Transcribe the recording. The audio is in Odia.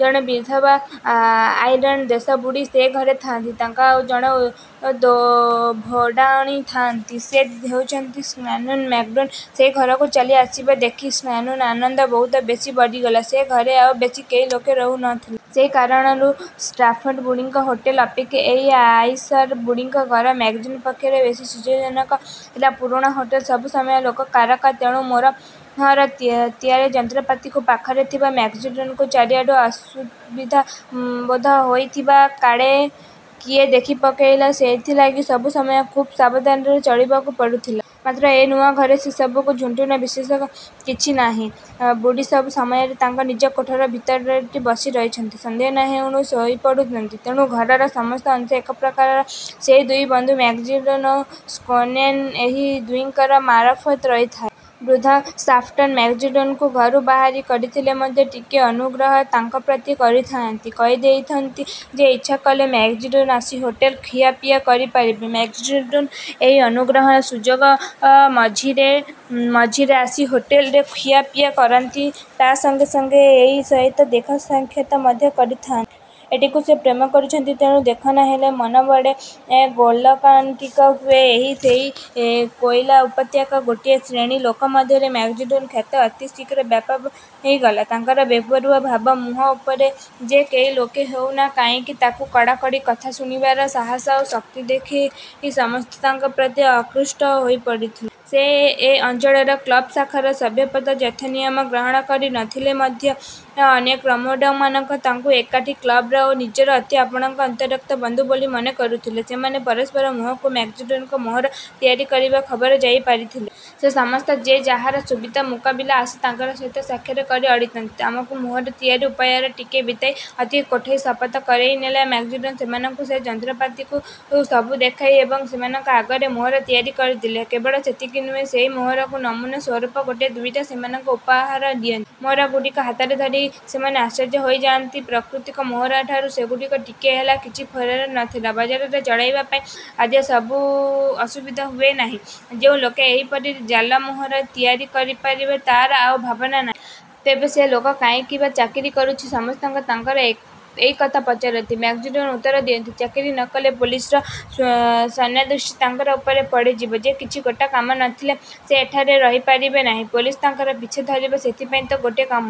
ଜଣେ ବିଧବା–ଆୟାର୍ଲାଣ୍ଡ ଦେଶର ବୁଢ଼ୀ ସେ ଘରେ ଥାଆନ୍ତି। ତାଙ୍କର ଆଉ ଜଣେ ଭଡ଼ାଦାର ଥାଆନ୍ତି–ସେ ହେଉଛନ୍ତି ସ୍କାନ୍ଲ୍ୟାନ। ମ୍ୟାକ୍ମାର୍ଡ଼ୋ ସେହି ଘରକୁ ଚାଲିଆସିବାର ଦେଖି ସ୍କାନ୍ଲ୍ୟାନର ଆନନ୍ଦ ବହୁତ ବେଶୀ ବଢ଼ିଗଲା। ସେ ଘରେ ଆଉ ବିଶେଷ କେହି ଲୋକ ରହୁ ନ ଥିଲେ। ସେହି କାରଣରୁ ଶାଫ୍ଟର ବୁଢ଼ାଙ୍କ ହୋଟେଲ ଅପେକ୍ଷା ଏହି ଆଇରିସ୍ ବୁଢ଼ୀଙ୍କ ଘର ମ୍ୟାକ୍ମାର୍ଡ଼ୋ ପକ୍ଷରେ ବେଶୀ ସୁବିଧାଜନକ ହେଲା। ପୁରୁଣା ହୋଟେଲରେ ସବୁ ସମୟରେ ଲୋକ କାରବାର। ତେଣୁ ମୋହର ତିଆରି ଯନ୍ତ୍ରପାତିଗୁଡ଼ିକ ପାଖରେ ଥିବାରୁ ମ୍ୟାକ୍ମାର୍ଡ଼ୋଙ୍କୁ ଚାରିଆଡ଼ୁ ଅସୁବିଧା ବୋଧ ହେଉଥିଲା। କାଳେ କିଏ ଦେଖି ପକାଇବ, ସେଇଥିଲାଗି ସବୁ ସମୟରେ ଖୁବ୍ ସାବଧାନରେ ଚଳିବାକୁ ପଡ଼ୁଥିଲା। ମାତ୍ର ଏ ନୂଆ ଘରେ ସେସବୁ ଝିନ୍ଝଟ ବିଶେଷ କିଛି ନାହିଁ। ବୁଢ଼ୀ ସବୁ ସମୟରେ ତାଙ୍କ ନିଜ କୋଠରୀ ଭିତରଟିରେ ବସି ରହିଥାନ୍ତି। ସନ୍ଧ୍ୟା ନ ହେଉଣୁ ଶୋଇପଡ଼ନ୍ତି। ତେଣୁ ଘରର ସମସ୍ତ ଅଂଶ ଏକପ୍ରକାର ସେହି ଦୁଇ ବନ୍ଧୁ–ମ୍ୟାକ୍ମାର୍ଡ଼ୋ ଓ ସ୍କାନ୍ଲ୍ୟାନ, ଏହି ଦୁହିଁଙ୍କ ମାରଫତ ରହିଥାଏ। ବୃଦ୍ଧ ଶାଫଟର ମ୍ୟାକ୍ମାର୍ଡ଼ୋଙ୍କୁ ଘରୁ ବାହାର କରିଦେଲେ ମଧ୍ୟ ଟିକିଏ ଅନୁଗ୍ରହ ତାଙ୍କପ୍ରତି କରିଥାନ୍ତି। କହିଦେଇଥାନ୍ତି ଯେ ଇଚ୍ଛା କଲେ ମ୍ୟାକ୍ମାର୍ଡ଼ୋ ଆସି ହୋଟେଲରେ ଖିଆପିଆ କରିପାରିବେ। ମ୍ୟାକ୍ମାର୍ଡ଼ୋ ଏହି ଅନୁଗ୍ରହର ସୁଯୋଗରେ ମଝିରେ ମଝିରେ ଆସି ହୋଟେଲରେ ଖିଆପିଆ କରନ୍ତି, ତା ସଙ୍ଗେସଙ୍ଗେ ଏଟ୍ଟି ସହିତ ଦେଖାସାକ୍ଷାତ ମଧ୍ୟ କରିଥାଆନ୍ତି। ଏଟ୍ଟିକୁ ସେ ପ୍ରେମ କରୁଥିଲେ। ତେଣୁ ଦେଖା ନ ହେଲେ ମନ ବଡ଼ ଗୋଳେଇଘାଣ୍ଟି ହୁଏ। ଏଣେ ସେହି କୋଇଲାଖଣି ଉପତ୍ୟକାର ଗୋଟିଏ ଶ୍ରେଣୀର ଲୋକଙ୍କ ମଧ୍ୟରେ ମ୍ୟାକ୍ମାର୍ଡ଼ୋଙ୍କ ଖ୍ୟାତି ଅତି ଶୀଘ୍ର ବ୍ୟାପିଗଲା। ତାଙ୍କର ବେପରୁଆ ଭାବ, ମୁହଁ ଉପରେ ଯେ କେହି ଲୋକ ହେଉ ନା କାହିଁକି, ତାକୁ କଡ଼ାକଡ଼ା କଥା ଶୁଣାଇଦେବାର ସାହସ ଓ ଶକ୍ତି ଦେଖି ସମସ୍ତେ ତାଙ୍କ ପ୍ରତି ଆକୃଷ୍ଟ ହୋଇପଡ଼ିଥିଲେ। ସେ ଏ ଅଞ୍ଚଳ କ୍ଳବ ଶାଖାର ସଭ୍ୟପଦ ଯଥାନିୟମରେ ଗ୍ରହଣ କରି ନ ଥିଲେ ମଧ୍ୟ ଅନ୍ୟ କମ୍ରେଡ଼ମାନେ ତାଙ୍କୁ ଏଠା କ୍ଳବର ଓ ନିଜର ଅତି ଆପଣାର ଅନ୍ତରଙ୍ଗ ବନ୍ଧୁ ବୋଲି ମନେ କରୁଥିଲେ। ସେମାନେ ପରସ୍ପରର ମୁହଁକୁ ମ୍ୟାକ୍ମାର୍ଡ଼ୋଙ୍କ ମୋହର ତିଆରିକରିବା ଖବର ପାଇଯାଇଥିଲେ। ସେ ସମସ୍ତେ ଯେ ଯାହାର ସୁବିଧା ମୁତାବକ ଆସି ତାଙ୍କ ସହିତ ସାକ୍ଷାତ କରି ଅଳିକରନ୍ତି–ଆମକୁ ମୋହର ତିଆରି ଉପାୟ ଟିକିଏ ବତାଇଦିଅ। ଅତି କଠୋର ଶପଥ କରାଇନେଇ ମ୍ୟାକ୍ମାର୍ଡ଼ୋ ସେମାନଙ୍କୁ ସେ ଯନ୍ତ୍ରପାତିସବୁ ଦେଖାନ୍ତି ଏବଂ ସେମାନଙ୍କ ଆଗରେ ମୋହର ତିଆରି କରିଦିଅନ୍ତି। କେବଳ ସେତିକି ନୁହେଁ, ସେହି ମୋହରରୁ ନମୁନା ସ୍ୱରୂପ ଗୋଟାଏ ଦୁଇଟା ସେମାନଙ୍କୁ ଉପହାର ଦିଅନ୍ତି। ମୋହରଗୁଡ଼ିକୁ ହାତରେ ଧରି ସେମାନେ ଆଶ୍ଚର୍ଯ୍ୟ ହୋଇଯାଆନ୍ତି। ପ୍ରକୃତ ମୋହରଠାରୁ ସେଗୁଡ଼ିକର ଟିକିଏ ହେଲେ କିଛି ଫରକ ନ ଥାଏ; ବଜାରରେ ଚଳାଇବା ପାଇଁ ଆଦୌ ଅସୁବିଧା ହୁଏ ନାହିଁ। ଯେଉଁ ଲୋକ ଏହିପରି ଜାଲ ମୋହର ତିଆରି କରିପାରେ, ତାର ଆଉ ଭାବନା କଅଣ? ତେବେ ସେ ଲୋକ କାହିଁକି ବା ଚାକିରି କରୁଛି? –ସମସ୍ତେ ତାଙ୍କୁ ଏଇ କଥା ପଚାରନ୍ତି-। ମ୍ୟାକ୍ମାର୍ଡ଼ୋ ଉତ୍ତର ଦିଅନ୍ତି, ଚାକିରୀ ନ କଲେ ପୋଲିସର ଶ୍ୱାନଦୃଷ୍ଟି ତାଙ୍କ ଉପରେ ପଡ଼ିଯିବ ଯେ! କିଛି ଗୋଟାଏ କାମ ନ ଥିଲେ ସେ ଏଠାରେ ରହିପାରିବେ ନାହିଁ। ପୋଲିସ ତାଙ୍କ ପିଛା ଧରିବ। ସେଇଥିପାଇଁ ତ ଗୋଟାଏ କାମର